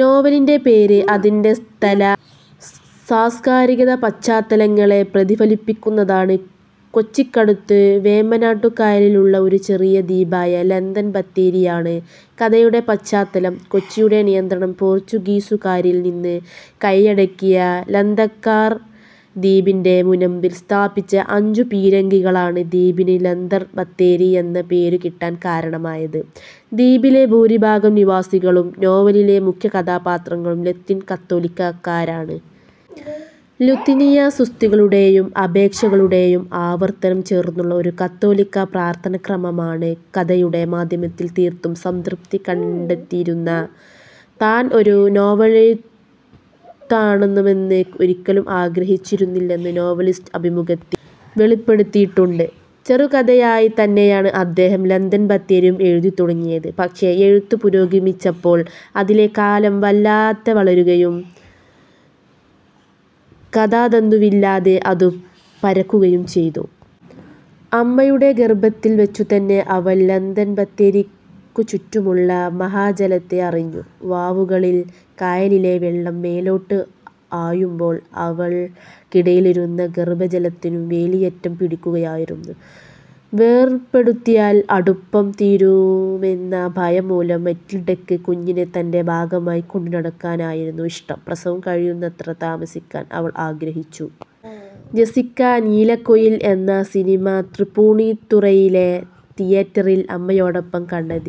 നോവലിന്റെ പേര് അതിന്റെ സ്ഥല-സാസ്കാരികപശ്ചാത്തലങ്ങളെ പ്രതിഫലിപ്പിക്കുന്നതാണ്. കൊച്ചിക്കടുത്ത് വേമ്പനാട്ടുകായലിലുള്ള ഒരു ചെറിയ ദ്വീപായ ലന്തൻ ബത്തേരിയാണ് കഥയുടെ പശ്ചാത്തലം. കൊച്ചിയുടെ നിയന്ത്രണം പോർച്ചുഗീസുകാരിൽ നിന്ന് കയ്യടക്കിയ 'ലന്തക്കാർ' ദ്വീപിന്റെ മുനമ്പിൽ സ്ഥാപിച്ച അഞ്ചു പീരങ്കികളാണ് ദ്വീപിന് ലന്തൻ ബത്തേരി എന്ന പേരു കിട്ടാൻ കാരണമായത്. ദ്വീപിലെ ഭൂരിഭാഗം നിവാസികളും നോവലിലെ മുഖ്യകഥാപാത്രങ്ങളും ലത്തീൻ കത്തോലിക്കരാണ്. 'ലുത്തിനിയ' സ്തുതികളുടേയും അപേക്ഷകളുടേയും ആവർത്തനം ചേർന്നുള്ള ഒരു കത്തോലിക്കാ പ്രാർത്ഥാനാക്രമമാണ്. കഥയുടെ മാധ്യമത്തിൽ തീർത്തും സംതൃപ്തി കണ്ടെത്തിയിരുന്ന താൻ ഒരു നോവലെഴുതണമെന്ന് ഒരിക്കലും ആഗ്രഹിച്ചിരുന്നില്ലെന്ന് നോവലിസ്റ്റ് അഭിമുഖത്തിൽ വെളിപ്പെടുത്തിയിട്ടുണ്ട്. ചെറുകഥയായി തന്നെയാണ് അദ്ദേഹം ലന്തൻ ബത്തേരിയും എഴുതി തുടങ്ങിയത്. പക്ഷേ എഴുത്തു പുരോഗമിച്ചപ്പോൾ അതിലെ കാലം വല്ലാതെ വളരുകയും കഥാതന്തുവില്ലാതെ അതു പരക്കുകയും ചെയ്തു. അമ്മയുടെ ഗർഭത്തിൽ വച്ചുതന്നെ അവൾ ലന്തൻബത്തേരിക്കുചുറ്റുമുള്ള മഹാജലത്തെ അറിഞ്ഞു. വാവുകളിൽ കായലിലെ വെള്ളം മേലോട്ട് ആയുമ്പോൾ അവൾ കിടയിലിരുന്ന ഗർഭജലത്തിനും വേലിയേറ്റം പിടിക്കുമായിരുന്നു. വേർപെടുത്തിയാൽ അടുപ്പം തീരുമോയെന്ന ഭയം മൂലം മറ്റിൽഡക്ക് കുഞ്ഞിനെ തന്റെ ഭാഗമായി കൊണ്ടുനടക്കാനായിരുന്നു ഇഷ്ടം. പ്രസവം കഴിയുന്നത്ര താമസിപ്പിക്കാൻ അവൾ ആഗ്രഹിച്ചു. ജെസ്സിക്ക 'നീലക്കുയിൽ' എന്ന സിനിമ തൃപ്പൂണിത്തുറയിലെ തിയേറ്ററിയിൽ അമ്മയോടൊപ്പം കണ്ടത്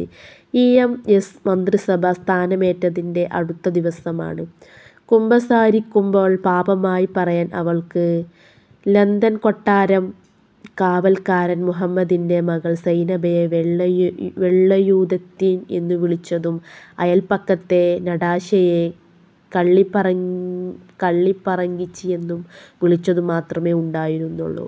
ഇ. എം. എസ്. മന്ത്രിസഭ സ്ഥാനമേറ്റതിന്റെ അടുത്ത ദിവസമാണ്. കുമ്പസാരിക്കുമ്പോൾ പാപമായി പറയാൻ അവൾക്ക് ലന്തൻ കൊട്ടാരം കാവൽക്കാരൻ മുഹമ്മദിന്റെ മകൾ സൈനബയെ 'വെള്ളയൂദത്തി' എന്നുവിളിച്ചതും അയല്പക്കത്തെ നടാഷയെ 'കള്ളിപ്പറങ്കിച്ചി' എന്നു വിളിച്ചതും മാത്രമേ ഉണ്ടായിരുന്നുള്ളു.